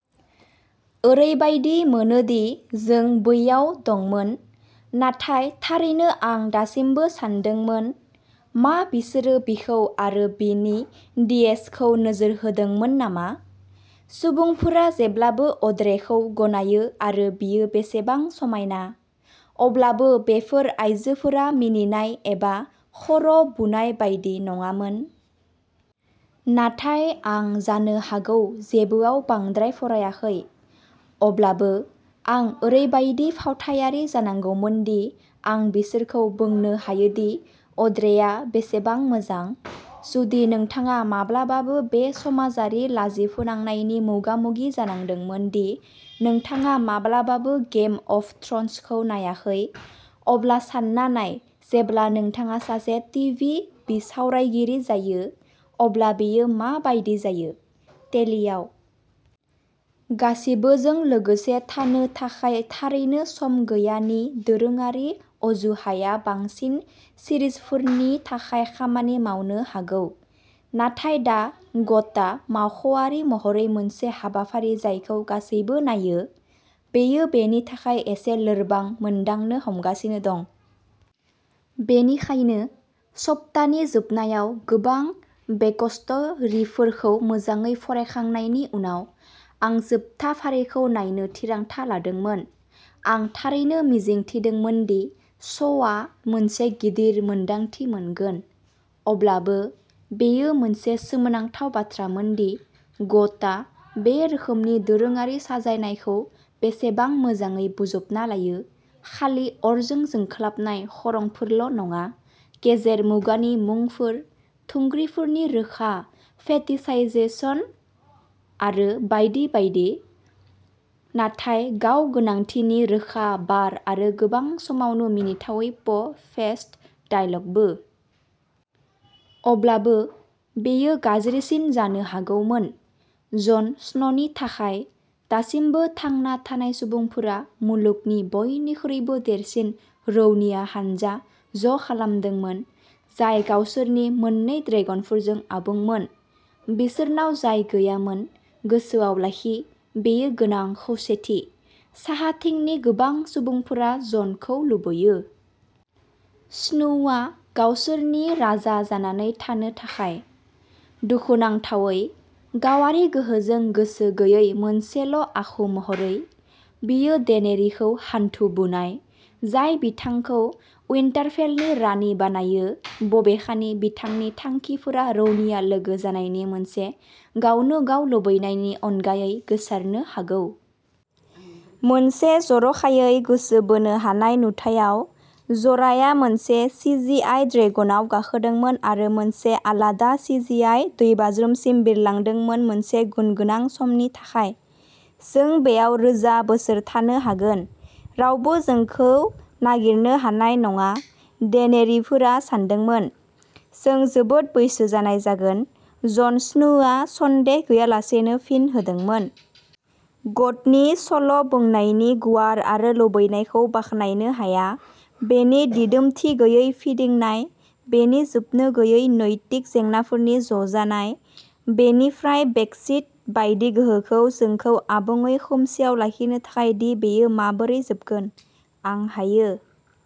ओरैबायदि मोनो दि जों बैयाव दंमोन, नाथाय थारैनो आं दासिमबो सानदोंमोन... मा बिसोरो बिखौ आरो बिनि डिएसखौ नोजोर होदोंमोन नामा? सुबुंफोरा जेब्लाबो अड्रेखौ गनायो आरो बियो बेसेबां समायना, अब्लाबो बेफोर आइजोफोरा मिनिनाय एबा खर'बुनाय बायदि नङामोन... नाथाय आं जानो हागौ जेबोआव बांद्राय फरायाखै। अब्लाबो, आं ओरैबायदि फावथायारि जानांगौमोन दि आं बिसोरखौ बुंनो हायोदि अड्रेआ बेसेबां मोजां! जुदि नोंथाङा माब्लाबाबो बे समाजारि लाजिफोनांनायनि मोगा-मोगि जानांदोंमोन दि नोंथाङा माब्लाबाबो गेम अफ थ्र'न्स खौ नायाखै, अब्ला सानना नाय जेब्ला नोंथाङा सासे टिभि बिसावरायगिरि जायो, अब्ला बेयो मा बायदि जायो।'टेलिआव गासिबोजों लोगोसे थानो थाखाय थारैनो सम गैया'नि दोरोङारि अजुहाया बांसिन सिरिजफोरनि थाखाय खामानि मावनो हागौ। नाथाय दा ग'टआ मावख'आरि महरै मोनसे हाबाफारि जायखौ गासैबो नायो, बेयो बेनि थाखाय एसे लोरबां मोनदांनो हमगासिनो दं। बेनिखायनो, सप्तानि जोबनायाव गोबां बेकस्ट'रिफोरखौ मोजाङै फरायखांनायनि उनाव, आं जोबथा फारिखौ नायनो थिरांथा लादोंमोन। आं थारैनो मिजिं थिदोंमोन दि श'आ मोनसे गिदिर मोनदांथि मोनगोन। अब्लाबो, बेयो मोनसे सोमोनांथाव बाथ्रामोन दि ग'टआ बे रोखोमनि दोरोङारि साजायनायखौ बेसेबां मोजाङै बोजबना लायोः खालि अरजों जोंख्लाबनाय खरंफोरल'नङा, गेजेर मुगानि मुंफोर, थुंग्रिफोरनि रोखा फेटिशाइजेशन आरो बायदि बायदि, नाथाय गाव-गोनांथिनि रोखा बार आरो गोबां समावनो मिनिथावै प'- फेसड डायलगबो। अब्लाबो, बेयो गाज्रिसिन जानो हागौमोन। जन स्न'नि थाखाय, दासिमबो थांना थानाय सुबुंफोरा'मुलुगनि बयनिख्रुइबो देरसिन रौनिया हानजा'ज'खालामदोंमोन, जाय गावसोरनि मोननै ड्रेगनफोरजों आबुंमोन। बिसोरनाव जाय गैयामोन, गोसोआव लाखि, बेयो गोनां खौसेथि। साहाथिंनि गोबां सुबुंफोरा जनखौ लुबैयो। स्नोआ गावसोरनि राजा जानानै थानो थाखाय। दुखुनांथावै, गावारि गोहोजों गोसो गैयै मोनसेल'आखु महरै, बियो डेनेरिखौ'हान्थु बुनाय ', जाय बिथांखौ उइन्टारफेलनि रानि बानायो-बबेखानि बिथांनि थांखिफोरा रौनिया लोगो जानायनि मोनसे गावनोगाव लुबैनायनि अनगायै गोसारनो हागौ। मोनसे जर'खायै गोसो बोनो हानाय नुथायाव, जराया मोनसे सिजिआइ ड्रेगनआव गाखोदोंमोन आरो मोनसे आलादा सिजिआइ दैबाज्रुमसिम बिरलांदोंमोन मोनसे गुनगोनां समनि थाखाय।'जों बेयाव रोजा बोसोर थानो हागोन। रावबो जोंखौ नागिरनो हानाय नङा,'डेनेरिफोरा सानदोंमोन।'जों जोबोद बैसो जानाय जागोन,'जन स्नोआ सन्देह गैयालासेनो फिन होदोंमोन। ग'टनि सल'बुंनायनि गुवार आरो लुबैनायखौ बाख्नायनो हायाः बेनि दिदोमथि गैयै फिदिंनाय, बेनि जोबनो गैयै नैतिक जेंनाफोरनि ज'जानाय, बेनि फ्राय ब्रेक्सिट बायदि गोहोखौ जोंखौ आबुङै खोमसिआव लाखिनो थाखाय दि बेयो माबोरै जोबगोन। आं हायो।